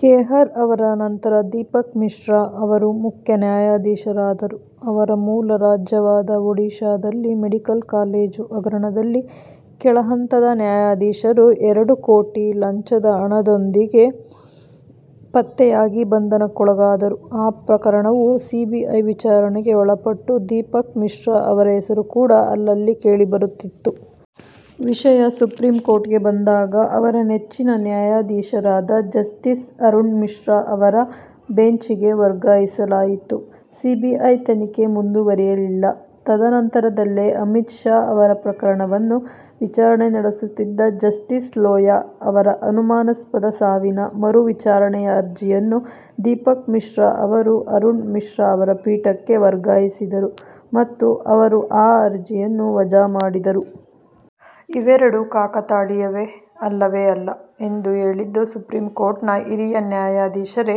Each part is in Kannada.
ಖೇಹರ್ ಅವರ ನಂತರ ದೀಪಕ್ ಮಿಶ್ರಾ ಅವರು ಮುಖ್ಯ ನ್ಯಾಯಾಧೀಶರಾದರು. ಅವರ ಮೂಲ ರಾಜ್ಯವಾದ ಒಡಿಶಾದಲ್ಲಿ ಮೆಡಿಕಲ್ ಕಾಲೇಜು ಹಗರಣದಲ್ಲಿ ಕೆಳಹಂತದ ನ್ಯಾಯಾಧೀಶರು ಎರಡು ಕೋಟಿ ಲಂಚದ ಹಣದೊಂದಿಗೆ ಪತ್ತೆಯಾಗಿ ಬಂಧನಕ್ಕೊಳಗಾದರು. ಆ ಪ್ರಕರಣವೂ ಸಿಬಿಐ ವಿಚಾರಣೆಗೆ ಒಳಪಟ್ಟು ದೀಪಕ್ ಮಿಶ್ರಾ ಅವರ ಹೆಸರು ಕೂಡಾ ಅಲ್ಲಲ್ಲಿ ಕೇಳಿಬರುತ್ತಿತ್ತು. ವಿಷಯ ಸುಪ್ರೀಂಕೋರ್ಟ್ಗೆ ಬಂದಾಗ ಅವರ ನೆಚ್ಚಿನ ನ್ಯಾಯಾಧೀಶರಾದ ಜಸ್ಟೀಸ್ ಅರುಣ್ ಮಿಶ್ರಾ ಅವರ ಬೆಂಚಿಗೇ ವರ್ಗಾಯಿಸಲಾಯಿತು. ಸಿಬಿಐ ತನಿಖೆ ಮುಂದುವರಿಯಲಿಲ್ಲ. ತದ ನಂತರದಲ್ಲೇ ಅಮಿತ್ ಶಾ ಅವರ ಪ್ರಕರಣವನ್ನು ವಿಚಾರಣೆ ನಡೆಸುತ್ತಿದ್ದ ಜಸ್ಟೀಸ್ ಲೋಯಾ ಅವರ ಅನುಮಾನಾಸ್ಪದ ಸಾವಿನ ಮರು ವಿಚಾರಣೆಯ ಅರ್ಜಿಯನ್ನು ದೀಪಕ್ ಮಿಶ್ರಾ ಅವರು ಅರುಣ್ ಮಿಶ್ರಾ ಅವರ ಪೀಠಕ್ಕೆ ವರ್ಗಾಯಿಸಿದರು ಮತ್ತು ಅವರು ಆ ಅರ್ಜಿಯನ್ನು ವಜಾ ಮಾಡಿದರು. ಇವೆರಡೂ ಕಾಕತಾಳಿಯವೇ? ಅಲ್ಲವೇ ಅಲ್ಲ ಎಂದು ಹೇಳಿದ್ದು ಸುಪ್ರೀಂಕೋರ್ಟ್ನ ಹಿರಿಯ ನ್ಯಾಯಾಧೀಶರೇ..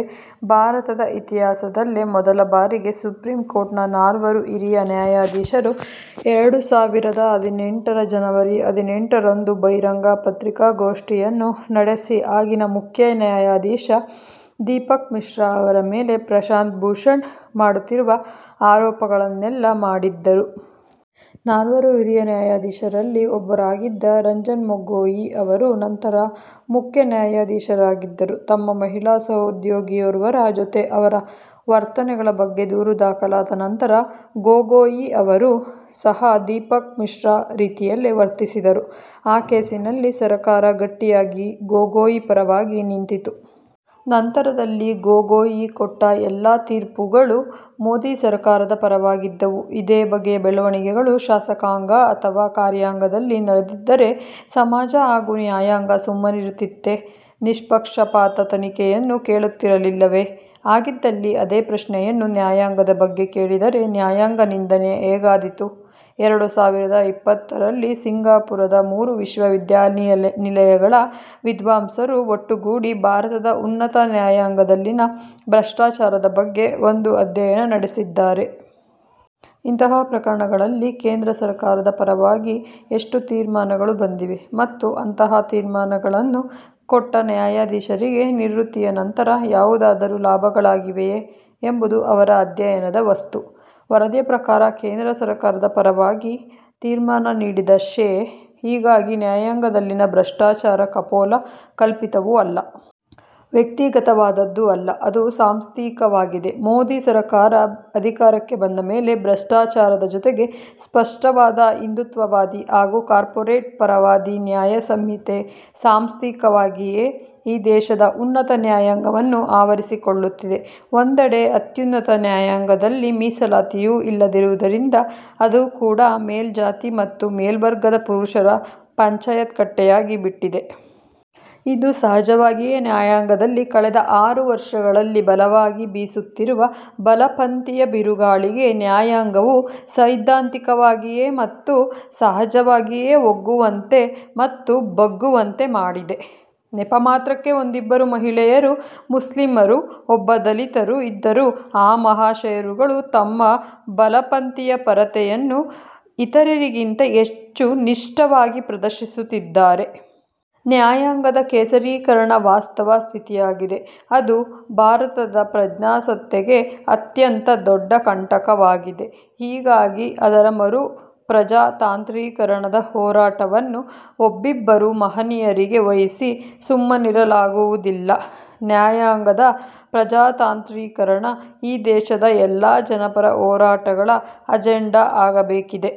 ಭಾರತದ ಇತಿಹಾಸದಲ್ಲೇ ಮೊದಲ ಬಾರಿಗೆ ಸುಪ್ರೀಂಕೋರ್ಟ್ ನ ನಾಲ್ವರು ಹಿರಿಯ ನ್ಯಾಯಾಧೀಶರು ಎರಡು ಸಾವಿರದ ಹದಿನೆಂಟರ ಜನವರಿ ಹದಿನೆಂಟರಂದು ಬಹಿರಂಗ ಪತ್ರಿಕಾಗೋಷ್ಟಿಯನ್ನು ನಡೆಸಿ ಆಗಿನ ಮುಖ್ಯ ನ್ಯಾಯಾಧೀಶ ದೀಪಕ್ ಮಿಶ್ರಾ ಅವರ ಮೇಲೆ ಪ್ರಶಾಂತ್ ಭೂಷಣ್ ಮಾಡುತ್ತಿರುವ ಆರೋಪಗಳನ್ನೆಲ್ಲಾ ಮಾಡಿದ್ದರು. ನಾಲ್ವರು ಹಿರಿಯ ನ್ಯಾಯಾಧೀಶರಲ್ಲಿ ಒಬ್ಬರಾಗಿದ್ದ ರಂಜನ್ಗೊಗೋಯಿ ಅವರು ನಂತರ ಮುಖ್ಯ ನ್ಯಾಯಾಧೀಶರಾಗಿದ್ದರು. ತಮ್ಮ ಮಹಿಳಾ ಸಹೋದ್ಯೋಗಿಯೋರ್ವರ ಜೊತೆ ಅವರ ವರ್ತನೆಗಳ ಬಗ್ಗೆ ದೂರು ದಾಖಲಾದ ನಂತರ ಗೊಗೋಯಿ ಅವರೂ ಸಹ ದೀಪಕ್ ಮಿಶ್ರಾ ರೀತಿಯಲ್ಲೇ ವರ್ತಿಸಿದರು. ಆ ಕೇಸಿನಲ್ಲಿ ಸರಕಾರ ಗಟ್ಟಿಯಾಗಿ ಗೊಗೋಯಿ ಪರವಾಗಿ ನಿಂತಿತು. ನಂತರದಲ್ಲಿ ಗೊಗೋಯಿ ಕೊಟ್ಟ ಎಲ್ಲ ತೀರ್ಪುಗಳೂ ಮೋದಿ ಸರಕಾರದ ಪರವಾಗಿದ್ದವು. ಇದೇ ಬಗೆಯ ಬೆಳವಣಿಗೆಗಳು ಶಾಸಕಾಂಗ ಅಥವಾ ಕಾರ್ಯಾಂಗದಲ್ಲಿ ನಡೆದಿದ್ದರೆ ಸಮಾಜ ಹಾಗೂ ನ್ಯಾಯಾಂಗ ಸುಮ್ಮನಿರುತ್ತಿತ್ತೇ? ನಿಷ್ಪಕ್ಷಪಾತ ತನಿಖೆಯನ್ನು ಕೇಳುತ್ತಿರಲಿಲ್ಲವೇ? ಹಾಗಿದ್ದಲ್ಲಿ ಅದೇ ಪ್ರಶ್ನೆಯನ್ನು ನ್ಯಾಯಾಂಗದ ಬಗ್ಗೆ ಕೇಳಿದರೆ ನ್ಯಾಯಾಂಗ ನಿಂದನೆ ಹೇಗಾದೀತು? ಎರಡು ಸಾವಿರದ ಇಪ್ಪತ್ತರಲ್ಲಿ ಸಿಂಗಾಪೂರದ ಮೂರು ವಿಶ್ವವಿದ್ಯಾನಿಲಯಗಳ ವಿದ್ವಾಂಸರು ಒಟ್ಟುಗೂಡಿ ಭಾರತದ ಉನ್ನತ ನ್ಯಾಯಾಂಗದಲ್ಲಿನ ಭ್ರಷ್ಟಾಚಾರದ ಬಗ್ಗೆ ಒಂದು ಅಧ್ಯಯನ ನಡೆಸಿದ್ದಾರೆ. ಇಂತಹ ಪ್ರಕರಣಗಳಲ್ಲಿ ಕೇಂದ್ರ ಸರಕಾರದ ಪರವಾಗಿ ಎಷ್ಟು ತೀರ್ಮಾನಗಳು ಬಂದಿವೆ ಮತ್ತು ಅಂತಹ ತೀರ್ಮಾನಗಳನ್ನು ಕೊಟ್ಟ ನ್ಯಾಯಾಧೀಶರಿಗೆ ನಿವೃತ್ತಿಯ ನಂತರ ಯಾವುದಾದರೂ ಲಾಭಗಳಾಗಿವೆಯೇ ಎಂಬುದು ಅವರ ಅಧ್ಯಯನದ ವಸ್ತು.: ವರದಿಯ ಪ್ರಕಾರ ಕೇಂದ್ರ ಸರಕಾರದ ಪರವಾಗಿ ತೀರ್ಮಾನ ನೀಡಿದ ಶೇ. ಹೀಗಾಗಿ ನ್ಯಾಯಾಂಗದಲ್ಲಿನ ಭ್ರಷ್ಟಾಚಾರ ಕಪೋಲ ಕಲ್ಪಿತವೂ ಅಲ್ಲ. ವ್ಯಕ್ತಿಗತವಾದದ್ದೂ ಅಲ್ಲ. ಅದು ಸಾಂಸ್ಥಿಕವಾಗಿದೆ. ಮೋದಿ ಸರಕಾರ ಅಧಿಕಾರಕ್ಕೆ ಬಂದ ಮೇಲೆ ಭ್ರಷ್ಟಾಚಾರದ ಜೊತೆಗೆ ಸ್ಪಷ್ಟವಾದ ಹಿಂದೂತ್ವವಾದಿ ಹಾಗೂ ಕಾರ್ಪೊರೇಟ್ ಪರವಾದಿ ನ್ಯಾಯ ಸಂಹಿತೆ ಸಾಂಸ್ಥಿಕವಾಗಿಯೇ ಈ ದೇಶದ ಉನ್ನತ ನ್ಯಾಯಾಂಗವನ್ನು ಆವರಿಸಿಕೊಳ್ಳುತ್ತಿದೆ. ಒಂದೆಡೆ ಅತ್ಯುನ್ನತ ನ್ಯಾಯಾಂಗದಲ್ಲಿ ಮೀಸಲಾತಿಯೂ ಇಲ್ಲದಿರುವುದರಿಂದ ಅದೂ ಕೂಡಾ ಮೇಲ್ಜಾತಿ ಮತ್ತು ಮೇಲ್ವರ್ಗದ ಪುರುಷರ ಪಂಚಾಯತ್ಕಟ್ಟೆಯಾಗಿ ಬಿಟ್ಟಿದೆ. ಇದು ಸಹಜವಾಗಿಯೇ ನ್ಯಾಯಾಂಗದಲ್ಲಿ ಕಳೆದ ಆರು ವರ್ಷಗಳಲ್ಲಿ ಬಲವಾಗಿ ಬೀಸುತ್ತಿರುವ ಬಲಪಂಥೀಯ ಬಿರುಗಾಳಿಗೆ ನ್ಯಾಯಾಂಗವು ಸೈದ್ಧಾಂತಿಕವಾಗಿಯೇ ಮತ್ತು ಸಹಜವಾಗಿಯೇ ಒಗ್ಗುವಂತೆ ಮತ್ತು ಬಗ್ಗುವಂತೆ ಮಾಡಿದೆ. ನೆಪಮಾತ್ರಕ್ಕೆ ಒಂದಿಬ್ಬರು ಮಹಿಳೆಯರು, ಮುಸ್ಲಿಮರು, ಒಬ್ಬ ದಲಿತರು ಇದ್ದರೂ ಆ ಮಹಾಶಯರುಗಳು ತಮ್ಮ ಬಲಪಂಥೀಯಪರತೆಯನ್ನು ಇತರಿಗಿಂತ ಹೆಚ್ಚು ನಿಷ್ಟವಾಗಿ ಪ್ರದರ್ಶಿಸುತ್ತಿದ್ದಾರೆ. ನ್ಯಾಯಾಂಗದ ಕೇಸರೀಕರಣ ವಾಸ್ತವ ಸ್ಥಿತಿಯಾಗಿದೆ. ಅದು ಭಾರತದ ಪ್ರಜಾಸತ್ತೆಗೆ ಅತ್ಯಂತ ದೊಡ್ಡ ಕಂಟಕವಾಗಿದೆ. ಹೀಗಾಗಿ ಅದರ ಮರುಪ್ರಜಾತಾಂತ್ರೀಕರಣದ ಹೋರಾಟವನ್ನು ಒಬ್ಬಿಬ್ಬರು ಮಹನೀಯರಿಗೆ ವಹಿಸಿ ಸುಮ್ಮನಿರಲಾಗುವುದಿಲ್ಲ. ನ್ಯಾಯಾಂಗದ ಪ್ರಜಾತಾಂತ್ರೀಕರಣ ಈ ದೇಶದ ಎಲ್ಲಾ ಜನಪರ ಹೋರಾಟಗಳ ಅಜೆಂಡಾ ಆಗಬೇಕಿದೆ.